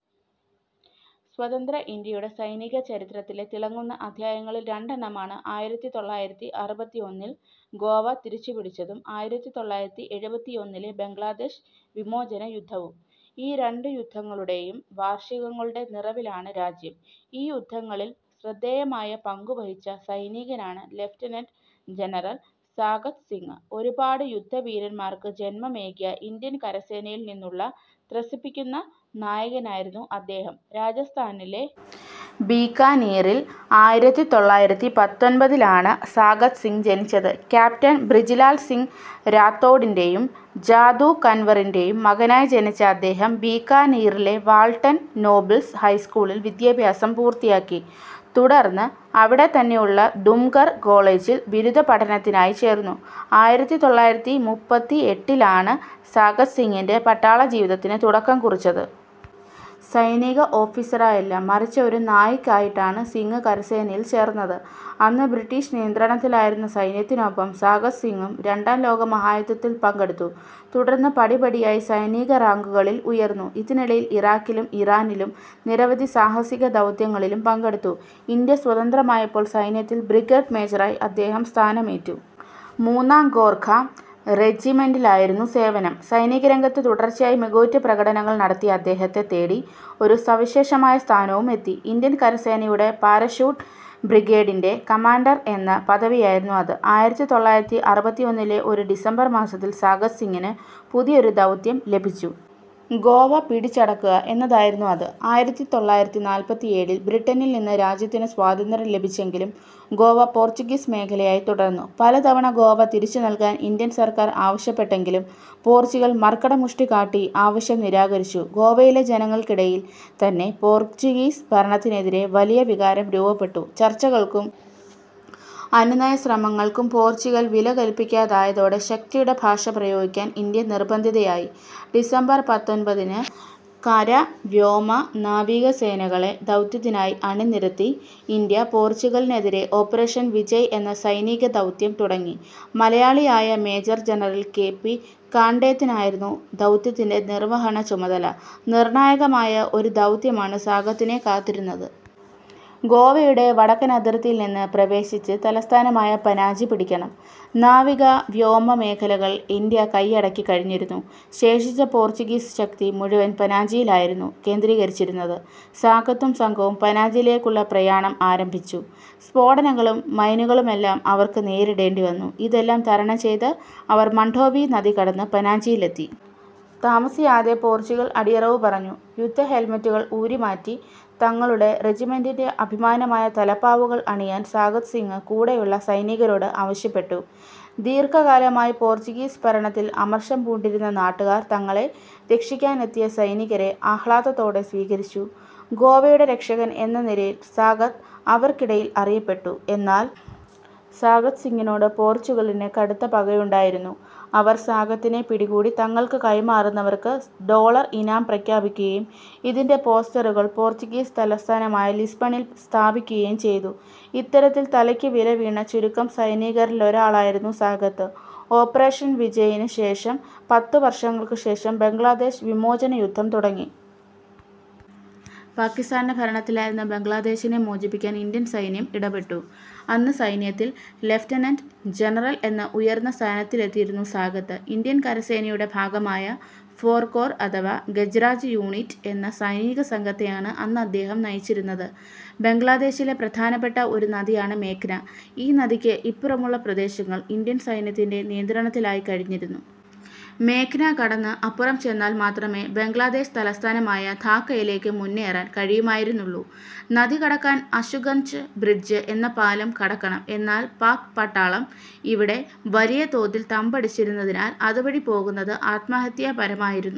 സ്വതന്ത്ര ഇന്ത്യയുടെ സൈനിക ചരിത്രത്തിലെ തിളങ്ങുന്ന അധ്യായങ്ങളിൽ രണ്ടെണ്ണമാണ് ആയിരത്തി തൊള്ളായിരത്തി അറുപത്തിയൊന്നിൽ ഗോവ തിരിച്ചുപിടിച്ചതും ആയിരത്തി തൊള്ളായിരത്തി എഴുപത്തിയൊന്നിലെ ബംഗ്ലാദേശ് വിമോചനയുദ്ധവും. ഈ രണ്ടു യുദ്ധങ്ങളുടെയും വാർഷികങ്ങളുടെ നിറവിലാണ് രാജ്യം. ഈ യുദ്ധങ്ങളിൽ ശ്രദ്ധേയമായ പങ്കുവഹിച്ച സൈനികനാണ് ലഫ്റ്റനന്റ് ജനറൽ സാഗത് സിങ്. ഒരുപാട് യുദ്ധവീരന്മാർക്ക് ജന്മമേകിയ ഇന്ത്യൻ കരസേനയിൽ നിന്നുള്ള ത്രസിപ്പിക്കുന്ന നായകനായിരുന്നു അദ്ദേഹം. രാജസ്ഥാനിലെ ബിക്കാനീറിൽ ആയിരത്തി തൊള്ളായിരത്തി പത്തൊൻപതിലാണ് സാഗത് സിങ് ജനിച്ചത്. ക്യാപ്റ്റൻ ബ്രിജിലാൽ സിങ് രാത്തോഡിന്റെയും ജാദൂ കൻവറിന്റെയും മകനായി ജനിച്ച അദ്ദേഹം ബിക്കാനീറിലെ വാൾട്ടർ നോബിൾസ് ഹൈസ്കൂളിൽ വിദ്യാഭ്യാസം പൂർത്തിയാക്കി. തുടർന്ന് അവിടെത്തന്നെയുള്ള ദുംഗർ കോളേജിൽ ബിരുദപഠനത്തിനായി ചേർന്നു. ആയിരത്തി തൊള്ളായിരത്തി മുപ്പത്തിയെട്ടിലാണ് സാഗത് സിങ്ങിന്റെ പട്ടാളജീവിതത്തിന് തുടക്കം കുറിച്ചത്. സൈനിക ഓഫീസറായല്ല മറിച്ച് ഒരു നായിക്കായിട്ടാണ് സിങ് കരസേനയിൽ ചേർന്നത്. അന്ന് ബ്രിട്ടീഷ് നിയന്ത്രണത്തിലായിരുന്ന സൈന്യത്തിനൊപ്പം സാഗത് സിങ്ങും രണ്ടാം ലോകമഹായുദ്ധത്തിൽ പങ്കെടുത്തു. തുടർന്ന് പടിപടിയായി സൈനിക റാങ്കുകളിൽ ഉയർന്നു. ഇതിനിടയിൽ ഇറാഖിലും ഇറാനിലും നിരവധി സാഹസിക ദൗത്യങ്ങളിലും പങ്കെടുത്തു. ഇന്ത്യ സ്വതന്ത്രമായപ്പോൾ സൈന്യത്തിൽ ബ്രിഗേഡ് മേജറായി അദ്ദേഹം സ്ഥാനമേറ്റു. മൂന്നാം ഗോർഖ റെജിമെന്റിലായിരുന്നു സേവനം. സൈനികരംഗത്ത് തുടർച്ചയായി മികവുറ്റ പ്രകടനങ്ങൾ നടത്തിയ അദ്ദേഹത്തെ തേടി ഒരു സവിശേഷമായ സ്ഥാനവും എത്തി. ഇന്ത്യൻ കരസേനയുടെ പാരഷൂട്ട് ബ്രിഗേഡിന്റെ കമാൻഡർ എന്ന പദവിയായിരുന്നു അത്. ആയിരത്തി തൊള്ളായിരത്തി അറുപത്തിയൊന്നിലെ ഒരു ഡിസംബർ മാസത്തിൽ സാഗത് സിങ്ങിന് പുതിയൊരു ദൗത്യം ലഭിച്ചു. ഗോവ പിടിച്ചടക്കുക എന്നതായിരുന്നു അത്. ആയിരത്തി തൊള്ളായിരത്തി നാല്പത്തിയേഴിൽ ബ്രിട്ടനിൽ നിന്ന് രാജ്യത്തിന് സ്വാതന്ത്ര്യം ലഭിച്ചെങ്കിലും ഗോവ പോർച്ചുഗീസ് മേഖലയായി തുടർന്നു. പലതവണ ഗോവ തിരിച്ചുനൽകാൻ ഇന്ത്യൻ സർക്കാർ ആവശ്യപ്പെട്ടെങ്കിലും പോർച്ചുഗൽ മർക്കടമുഷ്ടി കാട്ടി ആവശ്യം നിരാകരിച്ചു. ഗോവയിലെ ജനങ്ങൾക്കിടയിൽ തന്നെ പോർച്ചുഗീസ് ഭരണത്തിനെതിരെ വലിയ വികാരം രൂപപ്പെട്ടു. ചർച്ചകൾക്കും അനുനയശ്രമങ്ങൾക്കും പോർച്ചുഗൽ വിലകൽപിക്കാതായതോടെ ശക്തിയുടെ ഭാഷ പ്രയോഗിക്കാൻ ഇന്ത്യ നിർബന്ധിതയായി. ഡിസംബർ പത്തൊൻപതിന് കര, വ്യോമ, നാവിക സേനകളെ ദൗത്യത്തിനായി അണിനിരത്തി ഇന്ത്യ പോർച്ചുഗലിനെതിരെ ഓപ്പറേഷൻ വിജയ് എന്ന സൈനികദൗത്യം തുടങ്ങി. മലയാളിയായ മേജർ ജനറൽ കെ. പി. കാൻഡേത്തിനായിരുന്നു ദൗത്യത്തിന്റെ നിർവഹണചുമതല. നിർണായകമായ ഒരു ദൗത്യമാണ് സാഗത്തിനെ കാത്തിരുന്നത്. ഗോവയുടെ വടക്കൻ അതിർത്തിയിൽ നിന്ന് പ്രവേശിച്ച് തലസ്ഥാനമായ പനാജി പിടിക്കണം. നാവിക, വ്യോമ മേഖലകൾ ഇന്ത്യ കൈയടക്കിക്കഴിഞ്ഞിരുന്നു. ശേഷിച്ച പോർച്ചുഗീസ് ശക്തി മുഴുവൻ പനാജിയിലായിരുന്നു കേന്ദ്രീകരിച്ചിരുന്നത്. സാഗത്തും സംഘവും പനാജിയിലേക്കുള്ള പ്രയാണം ആരംഭിച്ചു. സ്ഫോടനങ്ങളും മൈനുകളുമെല്ലാം അവർക്ക് നേരിടേണ്ടിവന്നു. ഇതെല്ലാം തരണം ചെയ്ത് അവർ മണ്ഡോവി നദി കടന്ന് പനാജിയിലെത്തി. താമസിയാതെ പോർച്ചുഗൽ അടിയറവ് പറഞ്ഞു. യുദ്ധ ഹെൽമെറ്റുകൾ ഊരിമാറ്റി തങ്ങളുടെ റെജിമെന്റിന്റെ അഭിമാനമായ തലപ്പാവുകൾ അണിയാൻ സാഗത് സിങ് കൂടെയുള്ള സൈനികരോട് ആവശ്യപ്പെട്ടു. ദീർഘകാലമായി പോർച്ചുഗീസ് ഭരണത്തിൽ അമർഷം പൂണ്ടിരുന്ന നാട്ടുകാർ തങ്ങളെ രക്ഷിക്കാനെത്തിയ സൈനികരെ ആഹ്ലാദത്തോടെ സ്വീകരിച്ചു. ഗോവയുടെ രക്ഷകൻ എന്ന നിലയിൽ സാഗത് അവർക്കിടയിൽ അറിയപ്പെട്ടു. എന്നാൽ സാഗത് സിങ്ങിനോട് പോർച്ചുഗലിന് കടുത്ത പകയുണ്ടായിരുന്നു. അവർ സാഗത്തിനെ പിടികൂടി തങ്ങൾക്ക് കൈമാറുന്നവർക്ക് ഡോളർ ഇനാം പ്രഖ്യാപിക്കുകയും ഇതിന്റെ പോസ്റ്ററുകൾ പോർച്ചുഗീസ് തലസ്ഥാനമായ ലിസ്ബണിൽ സ്ഥാപിക്കുകയും ചെയ്തു. ഇത്തരത്തിൽ തലയ്ക്ക് വില വീണ ചുരുക്കം സൈനികരിലൊരാളായിരുന്നു സാഗത്. ഓപ്പറേഷൻ വിജയിന് ശേഷം പത്ത് വർഷങ്ങൾക്കു ശേഷം ബംഗ്ലാദേശ് വിമോചനയുദ്ധം തുടങ്ങി. പാക്കിസ്ഥാന്റെ ഭരണത്തിലായിരുന്ന ബംഗ്ലാദേശിനെ മോചിപ്പിക്കാൻ ഇന്ത്യൻ സൈന്യം ഇടപെട്ടു. അന്ന് സൈന്യത്തിൽ ലഫ്റ്റനന്റ് ജനറൽ എന്ന ഉയർന്ന സ്ഥാനത്തെത്തിയിരുന്നു സാഗത്. ഇന്ത്യൻ കരസേനയുടെ ഭാഗമായ ഫോർ കോർ അഥവാ ഗജ്രാജ് യൂണിറ്റ് എന്ന സൈനികസംഘത്തെയാണ് അന്ന് അദ്ദേഹം നയിച്ചിരുന്നത്. ബംഗ്ലാദേശിലെ പ്രധാനപ്പെട്ട ഒരു നദിയാണ് മേഘ്ന. ഈ നദിക്ക് ഇപ്പുറമുള്ള പ്രദേശങ്ങൾ ഇന്ത്യൻ സൈന്യത്തിന്റെ നിയന്ത്രണത്തിലായിക്കഴിഞ്ഞിരുന്നു. മേഘ്ന കടന്ന് അപ്പുറം ചെന്നാൽ മാത്രമേ ബംഗ്ലാദേശ് തലസ്ഥാനമായ ധാക്കയിലേക്ക് മുന്നേറാൻ കഴിയുമായിരുന്നുള്ളൂ. നദി കടക്കാൻ അശുഗഞ്ച് ബ്രിഡ്ജ് എന്ന പാലം കടക്കണം. എന്നാൽ പാക് പട്ടാളം ഇവിടെ വലിയ തോതിൽ തമ്പടിച്ചിരുന്നതിനാൽ അതുവഴി പോകുന്നത് ആത്മഹത്യാപരമായിരുന്നു.